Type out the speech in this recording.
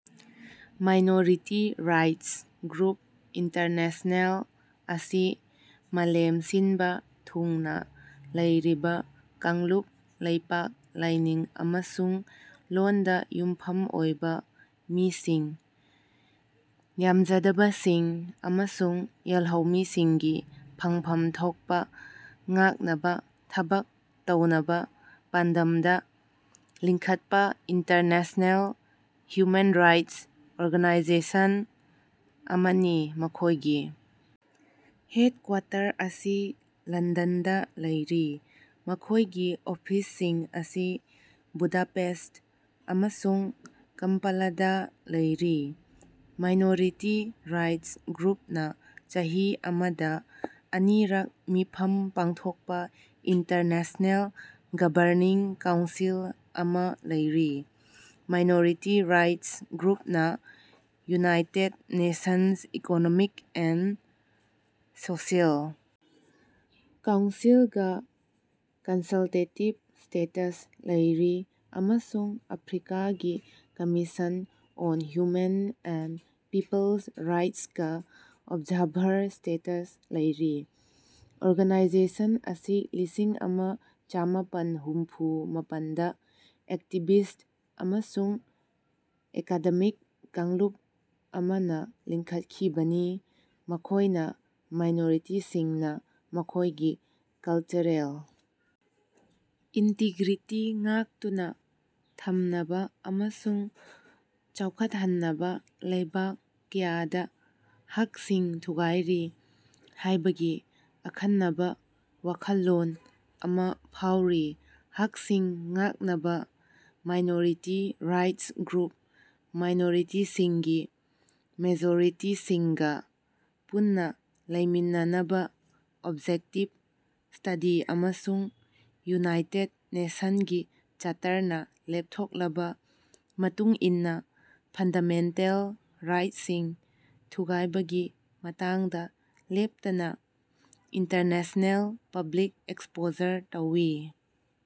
Minority rights group international ꯑꯁꯤ ꯃꯥꯂꯦꯝ ꯁꯤꯟꯕ ꯊꯨꯡꯅ ꯂꯩꯔꯤꯕ ꯀꯥꯡꯂꯨꯞ ꯂꯩꯄꯥꯛ ꯂꯥꯢꯅꯤꯡ ꯑꯃꯁꯨꯡ ꯂꯣꯟꯗ ꯌꯨꯝꯐꯝ ꯑꯣꯢꯕ ꯃꯤꯁꯤꯡ ꯌꯥꯝꯖꯗꯕꯁꯤꯡ ꯑꯃꯁꯨꯡ ꯌꯦꯜꯍꯧꯃꯤꯁꯤꯡꯒꯤ ꯐꯪꯐꯝ ꯊꯣꯛꯄ ꯉꯥꯛꯅꯕ ꯊꯕꯛ ꯇꯧꯅꯕ ꯄꯥꯟꯗꯝꯗ ꯂꯤꯡꯈꯠꯄ ꯏꯟꯇꯔꯅꯦꯁꯅꯦꯜ ꯍ꯭ꯌꯨꯃꯦꯟ ꯔꯥꯏꯠꯁ ꯑꯣꯔꯒꯥꯅꯥꯏꯖꯦꯁꯟ ꯑꯃꯅꯤ꯫ ꯃꯈꯣꯢꯒꯤ ꯍꯦꯗꯀ꯭ꯋꯥꯇꯔ ꯑꯁꯤ ꯂꯟꯗꯟꯗꯥ ꯂꯩꯔꯤ ꯃꯈꯣꯏꯒꯤ ꯑꯣꯐꯤꯁꯁꯤꯡ ꯑꯁꯤ ꯕꯨꯗꯥꯄꯦꯁ꯭ꯠ ꯑꯃꯁꯨꯡ ꯀꯝꯄꯥꯂꯥꯗꯥ ꯂꯩꯔꯤ꯫ ꯃꯥꯢꯅꯣꯔꯤꯇꯤ ꯔꯥꯢꯠ꯭ꯁ ꯒ꯭ꯔꯨꯞ ꯅꯥ ꯆꯍꯤ ꯑꯃꯗꯥ ꯑꯅꯤꯔꯛ ꯃꯤꯐꯝ ꯄꯥꯡꯊꯣꯛꯄꯥ ꯏꯟꯇꯔꯅꯦꯁ꯭ꯅꯦꯜ ꯒꯕꯔꯅꯤꯡ ꯀꯥꯎꯟꯁꯤꯜ ꯑꯃꯥ ꯂꯩꯔꯤ꯫ ꯃꯥꯢꯅꯣꯔꯤꯇꯤ ꯔꯥꯢꯠ꯭ꯁ ꯒ꯭ꯔꯨꯞꯅꯥ United Nations economic and social council ꯒꯥ ꯀꯟꯁꯜꯇꯦꯇꯤꯕ ꯁ꯭ꯇꯦꯇꯁ ꯂꯩꯔꯤ ꯑꯃꯁꯨꯡ ꯑꯐ꯭ꯔꯤꯀꯥꯒꯤ commission on human and peoples ꯔꯥꯏꯠꯁꯀꯥ ꯑꯣꯕꯖꯥꯔꯚꯔ ꯁ꯭ꯇꯦꯇꯁ ꯂꯩꯔꯤ꯫ ꯑꯣꯔꯒꯅꯥꯏꯖꯦꯁꯟ ꯑꯁꯤ ꯂꯤꯁꯤꯡ ꯑꯃ ꯆꯃꯥꯄꯟ ꯍꯨꯝꯐꯨ ꯃꯥꯄꯟꯗꯥ ꯑꯦꯛꯇꯤꯕꯤꯁ꯭ꯠ ꯑꯃꯁꯨꯡ ꯑꯦꯀꯥꯗꯦꯃꯤꯛ ꯀꯥꯡꯂꯨꯞ ꯑꯃꯅꯥ ꯂꯤꯡꯈꯠꯈꯤꯕꯅꯤ ꯃꯈꯣꯏꯅꯥ ꯃꯥꯏꯅꯣꯔꯤꯇꯤꯁꯤꯡꯅꯥ ꯃꯈꯣꯏꯒꯤ ꯀꯜꯆꯔꯦꯜ ꯏꯟꯇꯤꯒ꯭ꯔꯤꯇꯤ ꯉꯥꯛꯇꯨꯅꯥ ꯊꯝꯅꯕꯥ ꯑꯃꯁꯨꯡ ꯆꯥꯎꯈꯠꯍꯟꯅꯕꯥ ꯂꯩꯕꯥꯛ ꯀꯌꯥꯗꯥ ꯍꯛꯁꯤꯡ ꯊꯨꯒꯥꯏꯔꯤ ꯍꯥꯏꯕꯒꯤ ꯑꯈꯟꯅꯕꯥ ꯋꯥꯈꯜꯂꯣꯟ ꯑꯃꯥ ꯐꯥꯎꯔꯤ ꯍꯛꯁꯤꯡ ꯉꯥꯛꯅꯕꯥ ꯃꯥꯢꯅꯣꯔꯤꯇꯤ ꯔꯥꯢꯠ꯭ꯁ ꯒ꯭ꯔꯨꯞ ꯃꯥꯏꯅꯣꯔꯤꯇꯤꯁꯤꯡꯒꯤ ꯃꯦꯖꯣꯔꯤꯇꯤꯁꯤꯡꯒꯥ ꯄꯨꯟꯅꯥ ꯂꯩꯃꯤꯟꯅꯅꯕꯥ ꯑꯣꯕꯖꯦꯛꯇꯤꯕ ꯁ꯭ꯇꯗꯤ ꯑꯃꯁꯨꯡ ꯌꯨꯅꯥꯏꯇꯦꯗ ꯅꯦꯁꯟ ꯒꯤ ꯆꯥꯔꯇꯔꯅꯥ ꯂꯦꯞꯊꯣꯛꯂꯕꯥ ꯃꯇꯨꯡ ꯏꯟꯅꯥ ꯐꯟꯗꯥꯃꯦꯟꯇꯦꯜ ꯔꯥꯏꯠꯁꯤꯡ ꯊꯨꯒꯥꯏꯕꯒꯤ ꯃꯇꯥꯡꯗꯥ ꯂꯦꯞꯇꯅꯥ ꯏꯟꯇꯔꯅꯦꯁ꯭ꯅꯦꯜ ꯄꯕ꯭ꯂꯤꯛ ꯑꯦꯛꯁꯄꯣꯖꯔ ꯇꯧꯏ꯫